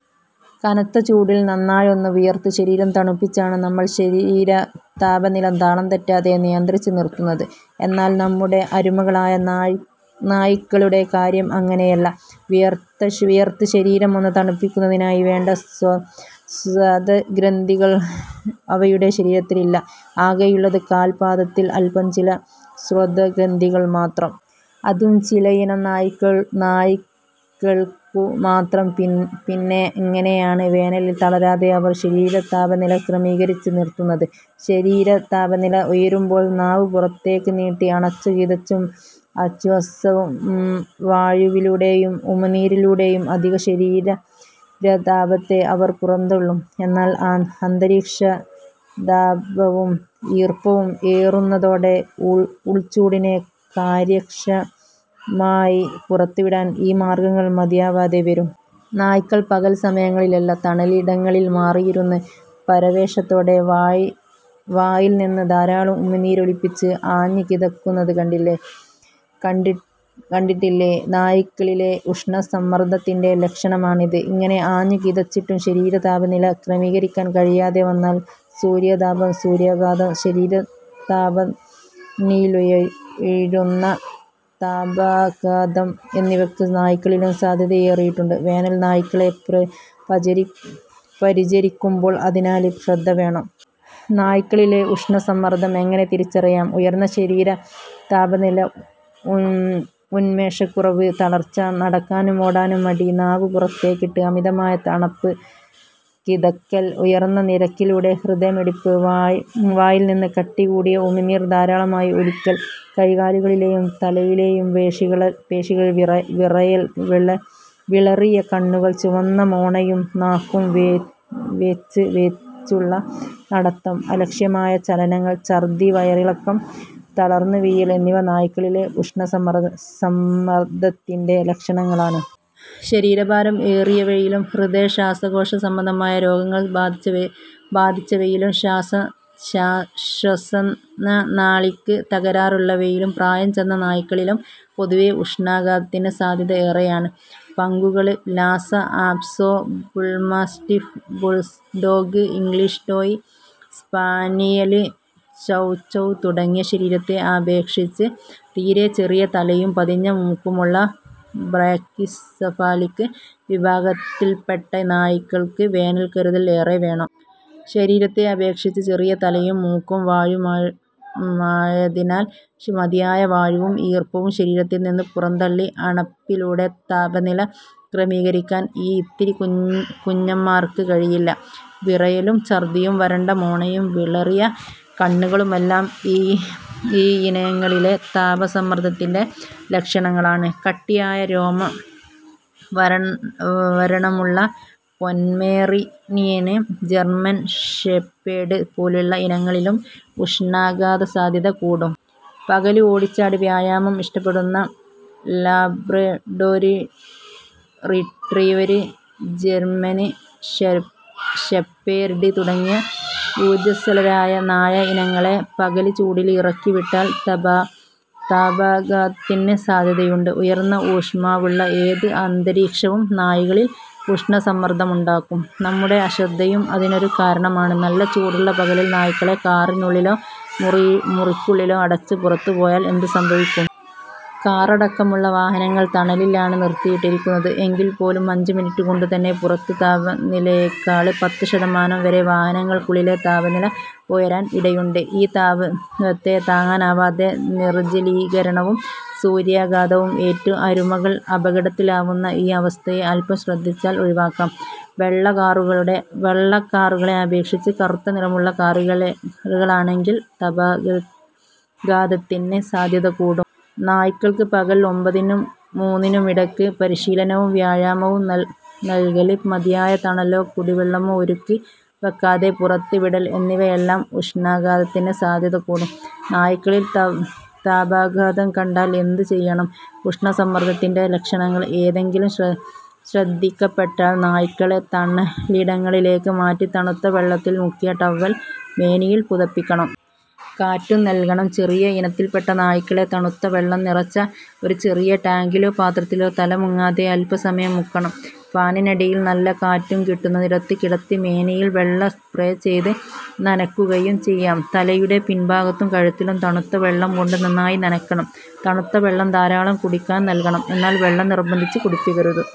കനത്ത ചൂടില്‍ നന്നായൊന്ന് വിയര്‍ത്ത് ശരീരം തണുപ്പിച്ചാണ് നമ്മള്‍ ശരീര താപനില താളം തെറ്റാതെ നിയന്ത്രിച്ച് നിര്‍ത്തുന്നത്. എന്നാല്‍ നമ്മുടെ അരുമകളായ നായ് നായ്ക്കളുടെ കാര്യം അങ്ങനെയല്ല. വിയര്‍ത്ത് ശരീരമൊന്ന് തണുപ്പിക്കുന്നതിനായി വേണ്ട സ്വേദഗ്രന്ഥികൾ അവയുടെ ശരീരത്തിലില്ല, ആകെയുള്ളത് കാൽ പാദത്തിൽ അല്‍പ്പം ചില സ്വേദഗ്രന്ഥികൾ മാത്രം. അതും ചിലയിനം നായ്ക്കളു നായ്ക്കള്ക്കു മാത്രം. പിന്നെങ്ങെനെയാണ് വേനലില്‍ തളരാതെ അവര്‍ ശരീരതാപനില ക്രമീകരിച്ച് നിര്‍ത്തുന്നത്? ശരീരതാപനില ഉയരുമ്പോള്‍ നാവ് പുറത്തേക്ക് നീട്ടി അണച്ചും കിതച്ചും ഉച്ഛ്വാസവായുവിലൂടെയും ഉമിനീരിലൂടെയും അധിക ശരീരതാപത്തെ അവര്‍ പുറന്തളളും. എന്നാല്‍ അന്തരീക്ഷതാപവും ഈര്‍പ്പവും ഏറുന്നതോടെ ഉൾചൂടിനെ കാര്യക്ഷമമായി പുറത്തുവിടാന്‍ ഈ മാര്‍ഗ്ഗങ്ങള്‍ മതിയാവാതെ വരും. നായ്ക്കള്‍ പകല്‍ സമയങ്ങളില്ല തണലിടങ്ങളിൽ മാറിയിരുന്ന് പരവേശത്തോടെ വായില്നിന്ന് ധാരാളം ഉമിനീരൊലിപ്പിച്ച് ആഞ്ഞ് കിതയ്ക്കുന്നത് കണ്ടിട്ടില്ലേ? നായ്ക്കളിലെ ഉഷ്ണ സമ്മര്‍ദ്ദത്തിന്‍റെ ലക്ഷണമാണിത്. ഇങ്ങനെ ആഞ്ഞു കിതച്ചിട്ടും ശരീരതാപനില ക്രമീകരിക്കാന്‍ കഴിയാതെ വന്നാല്‍ സൂര്യാതാപം, സൂര്യാഘാതം, ശരീരതാപനിലയുയരുന്ന താപാഘാതം എന്നിവയ്ക്ക് നായ്ക്കളിലും സാധ്യതയേറെയുണ്ട്. വേനലില്‍ നായ്ക്കളെ പരിചരിക്കുമ്പോള്‍ അതിനാല് ശ്രദ്ധവേണം. നായ്ക്കളിലെ ഉഷ്ണസമ്മർദ്ദം എങ്ങനെ തിരിച്ചറിയാം? ഉയര്‍ന്ന ശരീര താപനില, ഉന്മേഷക്കുറവ്, തളര്‍ച്ച, നടക്കാനും ഓടാനും മടി, നാവ് പുറത്തേക്കിട്ട് അമിതമായ അണപ്പ്, കിതയ്ക്കല്‍, ഉയര്‍ന്ന നിരക്കിലുള്ള ഹൃദയമിടിപ്പ്, വായില്നിന്ന് കട്ടികൂടിയ ഉമിനീർ ധാരാളമായി ഒലിക്കല്‍, കൈകാലുകളിലേയും തലയിലെയും പേശികളില്‍ വിറയല്‍, വിളറിയ കണ്ണുകള്‍, ചുവന്ന മോണയും നാക്കും, വേച്ച് വേച്ചുള്ള നടത്തം, അലക്ഷ്യമായ ചലനങ്ങള്‍, ഛര്‍ദ്ദി, വയറിളക്കം, തളര്‍ന്ന് വീഴല്‍ എന്നിവ നായ്ക്കളിലെ ഉഷ്ണസമ്മർദ്ദത്തിന്റെ ലക്ഷണങ്ങളാണ്. ശരീരഭാരം ഏറിയവയിലും ഹൃദയ-ശ്വാസകോശ സംബന്ധമായ രോഗങ്ങള്‍ ബാധിച്ചവയിലും ശ്വസനനാളിക്ക് തകരാറുള്ളവയിലും പ്രായം ചെന്ന നായ്ക്കളിലും പൊതുവെ ഉഷ്ണാഘാതത്തിന് സാധ്യത ഏറെയാണ്. പഗ്ഗുകള്, Lhasa apso, bull mastiff, bulldog, English toy spaniel, chow chow തുടങ്ങിയ ശരീരത്തെ അപേക്ഷിച്ച് തീരെ ചെറിയ തലയും പതിഞ്ഞ മൂക്കുമുള്ള ബ്രാക്കിസെഫാലിക് വിഭാഗത്തില്പ്പെട്ട നായ്ക്കള്‍ക്ക് വേനല്‍ കരുതല്‍ ഏറെ വേണം. ശരീരത്തെ അപേക്ഷിച്ച് ചെറിയ തലയും മൂക്കും വായയുമായതിനാൽ മതിയായ വായുവും ഈര്‍പ്പവും ശരീരത്തില്നിന്ന് പുറന്തള്ളി അണപ്പിലൂടെ താപനില ക്രമീകരിക്കാന്‍ ഈ ഇത്തിരി കുഞ്ഞന്മാർക്ക് കഴിയില്ല. വിറയലും ഛര്‍ദ്ദിയും വരണ്ട മോണയും വിളറിയ കണ്ണുകളുമെല്ലാം ഈയിനങ്ങളിലെ താപ സമ്മർദ്ദത്തിന്റെ ലക്ഷണങ്ങളാണ്. കട്ടിയായ രോമാവരണമുള്ള പൊമറേനിയന്, ജര്‍മൻ ഷെപ്പേഡ് പോലുള്ള ഇനങ്ങളിലും ഉഷ്ണാഘാതസാധ്യത കൂടും. പകല് ഓടിച്ചാടി വ്യായാമം ഇഷ്ടപ്പെടുന്ന ലാബ്രഡോര് റിട്രീവര്, ജര്മന് ഷെപ്പേര്ഡ് തുടങ്ങിയ ഊര്ജസ്വലരായ നായ ഇനങ്ങളെ പകല്ചൂടില് ഇറക്കിവിട്ടാല്‍ താപാഘാതത്തിന് സാധ്യതയുണ്ട്. ഉയര്‍ന്ന ഊഷ്മാവുള്ള ഏത് അന്തരീക്ഷവും നായകളില്‍ ഉഷ്ണസമ്മർദ്ദമുണ്ടാക്കും. നമ്മുടെ അശ്രദ്ധയും അതിനൊരു കാരണമാണ്. നല്ല ചൂടുള്ള പകലില്‍ നായ്ക്കളെ കാറിനുള്ളിലോ, മുറിയ്ക്കുള്ളിലോ അടച്ച് പുറത്ത് പോയാല്‍ എന്ത് സംഭവിക്കും? കാറടക്കമുള്ള വാഹനങ്ങള്‍ തണലിലാണ് നിർത്തിയിട്ടിരിക്കുന്നത് എങ്കില്‍ പോലും അഞ്ചു മിനിറ്റ് കൊണ്ടു തന്നെ പുറത്തെ താപനിലയേക്കാള് പത്ത് ശതമാനം വരെ വാഹനങ്ങള്‍ക്കുള്ളിലെ താപനില ഉയരാന്‍ ഇടയുണ്ട്. ഈ താപത്തെ താങ്ങാനാവാതെ നിർജലീകരണവും, സൂര്യാഘാതവും ഏറ്റ് അരുമകള്‍ അപകടത്തിലാവുന്ന ഈ അവസ്ഥയെ അൽപം ശ്രദ്ധിച്ചാല്‍ ഒഴിവാക്കാം. വെള്ള കാറുകളെ അപേക്ഷിച്ച് കറുത്ത നിറമുള്ള കാറുകളാണെങ്കിൽ താപാഘാതത്തിന് സാധ്യത കൂടും. നായ്ക്കള്‍ക്ക് പകല്‍ ഒമ്പതിനും മൂന്നിനുമിടയ്ക്ക് പരിശീലനവും വ്യായാമവും നല്കല്, മതിയായ തണലോ കുടിവെള്ളമോ ഒരുക്കി വയ്ക്കാതെ പുറത്ത് വിടല്‍ എന്നിവയെല്ലാം ഉഷ്ണാഘാതത്തിന് സാധ്യതകൂട്ടും. നായ്ക്കളില്‍ താപാഘാതം കണ്ടാല്‍ എന്ത് ചെയ്യണം? ഉഷ്ണസമ്മർദ്ദത്തിന്റെ ലക്ഷണങ്ങള്‍ ഏതെങ്കിലും ശ്രദ്ധിക്കപ്പെട്ടാല്‍ നായ്ക്കളെ തണലിടങ്ങളിലേക്ക് മാറ്റി തണുത്ത വെള്ളത്തില്‍ മുക്കിയ ടവ്വൽ മേനിയില്‍ പുതപ്പിക്കണം. കാറ്റും നല്കണം. ചെറിയ ഇനത്തിൽപ്പെട്ട നായ്ക്കളെ തണുത്ത വെള്ളം നിറച്ച ഒരു ചെറിയ ടാങ്കിലോ പാത്രത്തിലോ തല മുങ്ങാതെ അല്പ്പസമയം മുക്കണം. ഫാനിനടിയിൽ നല്ല കാറ്റു കിട്ടുന്നിടത്ത് കിടത്തി മേനിയില്‍ വെള്ളം സ്പ്രേ ചെയ്ത് നനയ്ക്കുകയും ചെയ്യാം. തലയുടെ പിൻ ഭാഗത്തും കഴുത്തിലും തണുത്തവെള്ളം കൊണ്ട് നന്നായി നനയ്ക്കണം. തണുത്ത വെള്ളം ധാരാളം കുടിക്കാന്‍ നല്കണം. എന്നാല്‍, വെള്ളം നിര്‍ബന്ധിച്ച് കുടിപ്പിക്കരുത്.